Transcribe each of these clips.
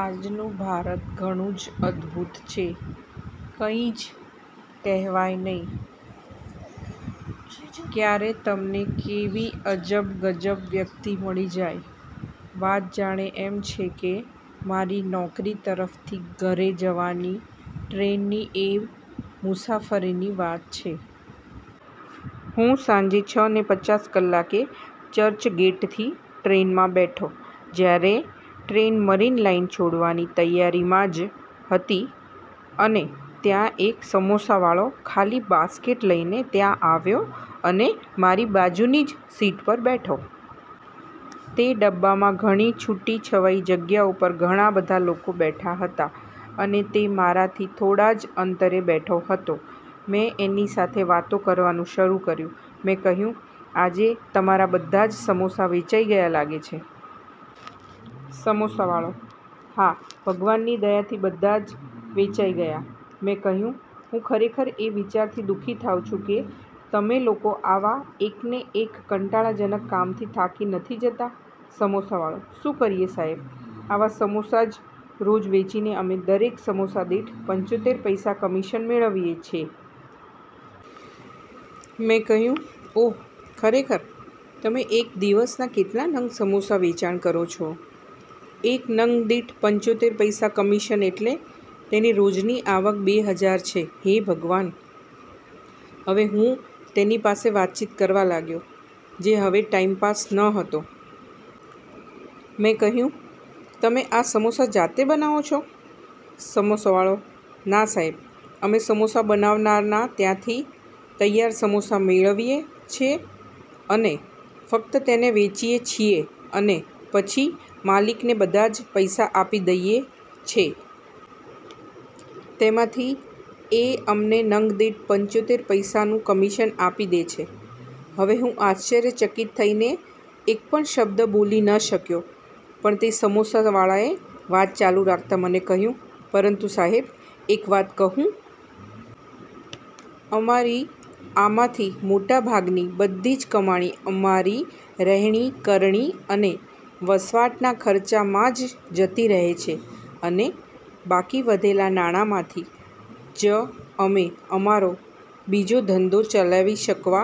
આજનું ભારત ઘણું જ અદભુત છે. કંઈ જ કહેવાય નહિ, ક્યારે તમને કેવી અજબ ગજબ વ્યક્તિ મળી જાય. વાત જાણે એમ છે કે, મારી નોકરી તરફથી ઘરે જવાની ટ્રેનની એ મુસાફરીની વાત છે. હું સાંજે છ ને પચાસ કલાકે ચર્ચગેટથી ટ્રેનમાં બેઠો, જ્યારે ટ્રેન મરીન લાઇન છોડવાની તૈયારીમાં જ હતી અને ત્યાં એક સમોસાવાળૉ ખાલી બાસ્કેટ લઇને ત્યાં આવ્યો અને મારી બાજુની જ સીટ પર બેઠો. તે ડબ્બામાં ઘણી છુટી છવાઈ જગ્યા ઉપર ઘણાં બધા લોકો બેઠા હતા. અને તે મારાથી થોડા જ અંતરે બેઠો હતો. મેં એની સાથે વાતો કરવાનું શરૂ કર્યુ. મેં કહ્યુ, "આજે તમારા બધા જ સમોસા વેચાઇ ગયા લાગે છે. સમોસાવાળૉ: હા ભગવાનની દયાથી બધાજ વેચાઈ ગયા. મેં કહ્યુ: હું ખરેખર એ વિચારથી દુ:ખી થાવ છું કે, તમેં લોકો આવા એકને એક કંટાળાજનક કામથી થાકી નથી જતા? સમોસાવાળો: શુ કરીએ સાહેબ? આવા સમોસા જ રોજ વેચીને અમેં દરેક સમોસા દીઠ પંચોતેર પૈસા કમીશન મેંળવીએ છે. મેં કહ્યુ: ઓહ્!! ખરેખર? તમેં એક દીવસના કેટલા નંગ સમોસા વેચાણ કરો છો? એક નંગદીઠ પંચોતેર પૈસા કમીશન એટલે તેની રોજની આવક બે હજાર છે. હે ભગવાન! હવે હું તેની પાસે વાતચીત કરવા લાગ્યો, જે હવે ટાઇમપાસ ન હતો. મેં કહ્યુ: તમેં આ સમોસા જાતે બનાવો છો? સમોસાવાળો: ના સાહેબ, અમેં સમોસા બનાવનારનાં ત્યાંથી તૈયાર સમોસા મેંળવીએ છે અને ફક્ત તેને વેચીએ છીએ અને પછી માલિકને બધા જ પૈસા આપી દઈએ છે. તેમાંથી એ અમને નંગ દીઠ પંચોતેર પૈસાનું કમીશન આપી દે છે. હવે હું આશ્ચ્રર્યચકિત થઈને એક પણ શબ્દ બોલી ન શક્યો, પણ તે સમોસાવાળાએ વાત ચાલુ રાખતા મને કહ્યુ "પરંતુ સાહેબ એક વાત કહું? અમારી આમાંથી મોટા ભાગની બધી જ કમાણી અમારી રહેણીકરણી અને વસવાટના ખર્ચામાં જ જતી રહે છે અને બાકી વધેલા નાણાંમાંથી જ અમેં અમારો બીજો ધંધો ચલાવી શકવા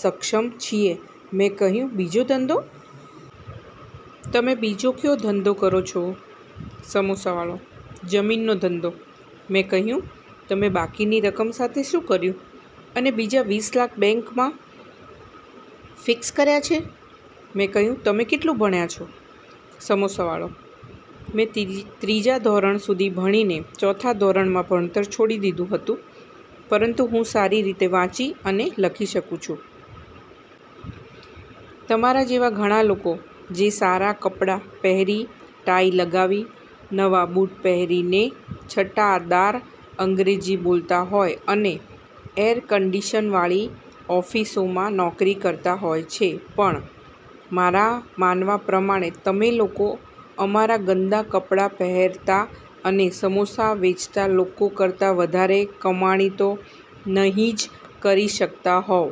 સક્ષમ છીએ. મેં કહ્યુ: બીજો ધંધો? તમેં બીજો કયો ધંધો કરો છો? સમોસાવાળો: જમીનનો ધંધો. મેં કહ્યુ: તમેં બાકીની રકમ સાથે શું કર્યું? અને બીજા વીસ લાખ બેન્કમાં ફીક્સ કર્યા છે. મેં કહ્યુ: તમે કેટલુ ભણ્યા છો? સમોસાવાળો: મેં ત્રીજા ધોરણ સુધી ભણીને ચોથા ધોરણમાં ભણતર છોડી દીધુ હતું, પરંતુ હું સારી રીતે વાંચી અને લખી શકુ છું. તમારા જેવા ઘણા લોકો જે સારા કપડા પહેરી ટાઈ લગાવી, નવા બુટ પહેરીને છટાદાર અંગ્રેજી બોલતા હોય અને એર કંડીશનવાળી ઓફીસોમાં નોકરી કરતા હોય છે, પણ મારા માનવા પ્રમાણે તમે લોકો અમારા ગંદા કપડા પહેરતા અને સમોસા વેચતા લોકો કરતા વધારે કમાણી તો નઈં જ કરી શકતા હોવ.